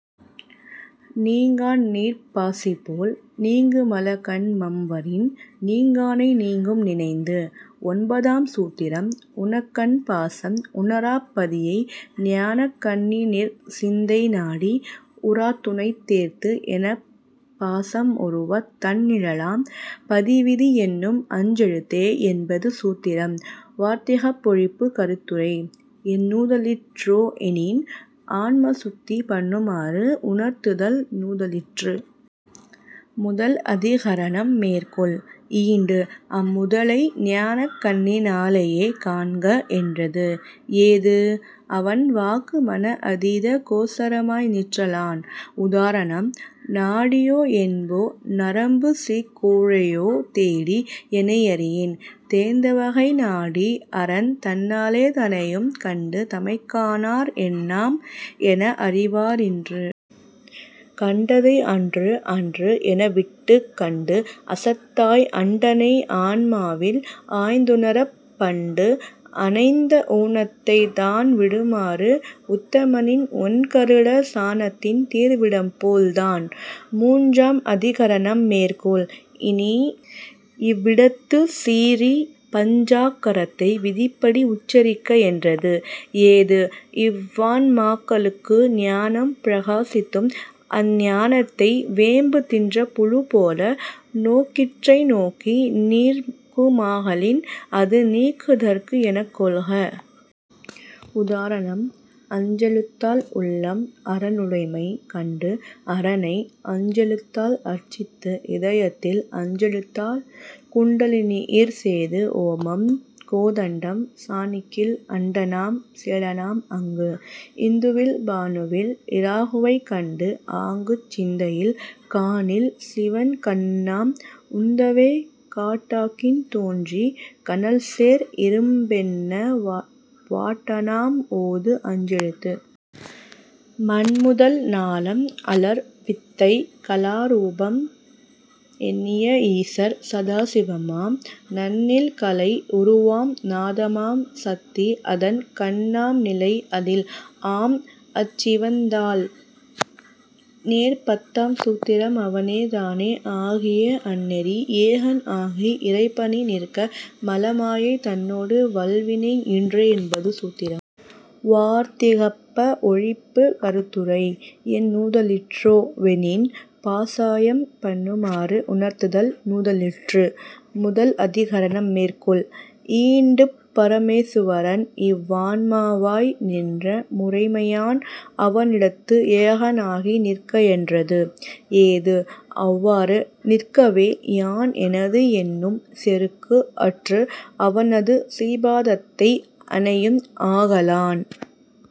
நீங்கான்நீர்ப் பாசிபோல் நீங்குமல கன்மம்வரின் நீங்கானை நீங்கும் நினைந்து. ஒன்பதாம் சூத்திரம் ஊனக்கண் பாசம் உணராப் பதியை ஞானக் கண்ணினிற் சிந்தை நாடி உராத்துனைத் தேர்த்து எனப் பாசம் ஒருவத் தண் நிழலாம் பதிவிதி எண்ணும் அஞ் செழுத்தே என்பது சூத்திரம் வார்த்திகப் பொழிப்பு கருத்துரை: என் நுதலிற்றோ எனின், ஆன்மசுத்தி பண்ணுமாறு உணர்த்துதல் நுதலிற்று. முதல் அதிகரணம் மேற்கோள்: ஈண்டு, அம்முதலை ஞானக் கண்ணினாலேயே காண்க என்றது. ஏது: அவன் வாக்கு மன அதீத கோசரமாய் நிற்றலான். உதாரணம்: நாடியோ என்போ நரம்புசீக் கோழையோ தேடி எனையறியேன் தேர்ந்தவகை -- நாடி அரன் தன்னாலே தனையும் கண்டு தமைக்காணார் என்னாம் என அறிவார் இன்று. கண்டதை அன்று அன்று எனவிட்டுக் கண்டு அசத்தாய் அண்டனை ஆன்மாவில் ஆய்ந்துணரப் -- பண்டு அணைந்த ஊனத்தை தான்விடுமாறு உத்தமனின் ஒண்கருட சானத்தின் தீர்விடம்போல் தான்.. மூன்றாம் அதிகரணம் மேற்கோள்: இனி, இவ்விடத்து சிறீ£ பஞ்சாக்கரத்தை விதிப்படி உச்சரிக்க என்றது. ஏது: இவ்வான்மாக்களுக்கு ஞானம் பிரகாசித்தும் அஞ்ஞானத்தை வேம்பு தின்ற புழுப்போல நோக்கிற்றைநோக்கி நிற்குமாகலின் அது நீக்குதற்கு எனக் கொள்க. உதாரணம்: அஞ்செழுத்தால் உள்ளம் அரனுடைமை கண்டு அரனை அஞ்செழுத்தால் அர்ச்சித்து இதயத்தில் -- அஞ்செழுத்தால் குண்டலினியிற் செய்து ஓமம் கோதண்டம் சானிக்கில் அண்டனாம் சேடனாம் அங்கு. இந்துவில் பானுவில் இராகுவைக் கண்டுஆங்குச் சிந்தையில் காணில் சிவன் கண்ணாம் -- உந்தவே காட்டாக்கின் தோன்றி கனல்சேர் இரும்பென்ன வாட்டானாம் ஓது அஞ்செழுத்து. மண்முதல் நாளம் அலர் வித்தை கலாரூபம் எண்ணிய ஈசர் சதாசிவமாம் -- நண்ணில் கலை உருவாம் நாதமாம் சத்தி அதன் கண்ணாம் நிலைஅதில் ஆம் அச்சிவன்தாள், நேர். பத்தாம் சூத்திரம் அவனே தானே ஆகிய அந்நெறி ஏகன் ஆகி இறைபணி நிற்க மலமாயை தன்னொடு வல்வினை இன்றே என்பது சூத்திரம். வார்த்திகப் பஒழிப்பு கருத்துரை: என் நுதலிற்றோ வெனின், பாசயம் பண்ணுமாறு உணர்த்துதல் நுதலிற்று.: முதல் அதிகரணம் மேற்கோள்: ஈண்டுப் பரமேசுவரன் இவ்வான்மாவாய் நின்ற முறைமையான் அவனிடத்து ஏகனாகி நிற்கஎன்றது. ஏது: அவ்வாறு நிற்கவே யான் எனது என்னும் செருக்கு அற்று அவனது சீபாதத்தை அணையும் ஆகலான்.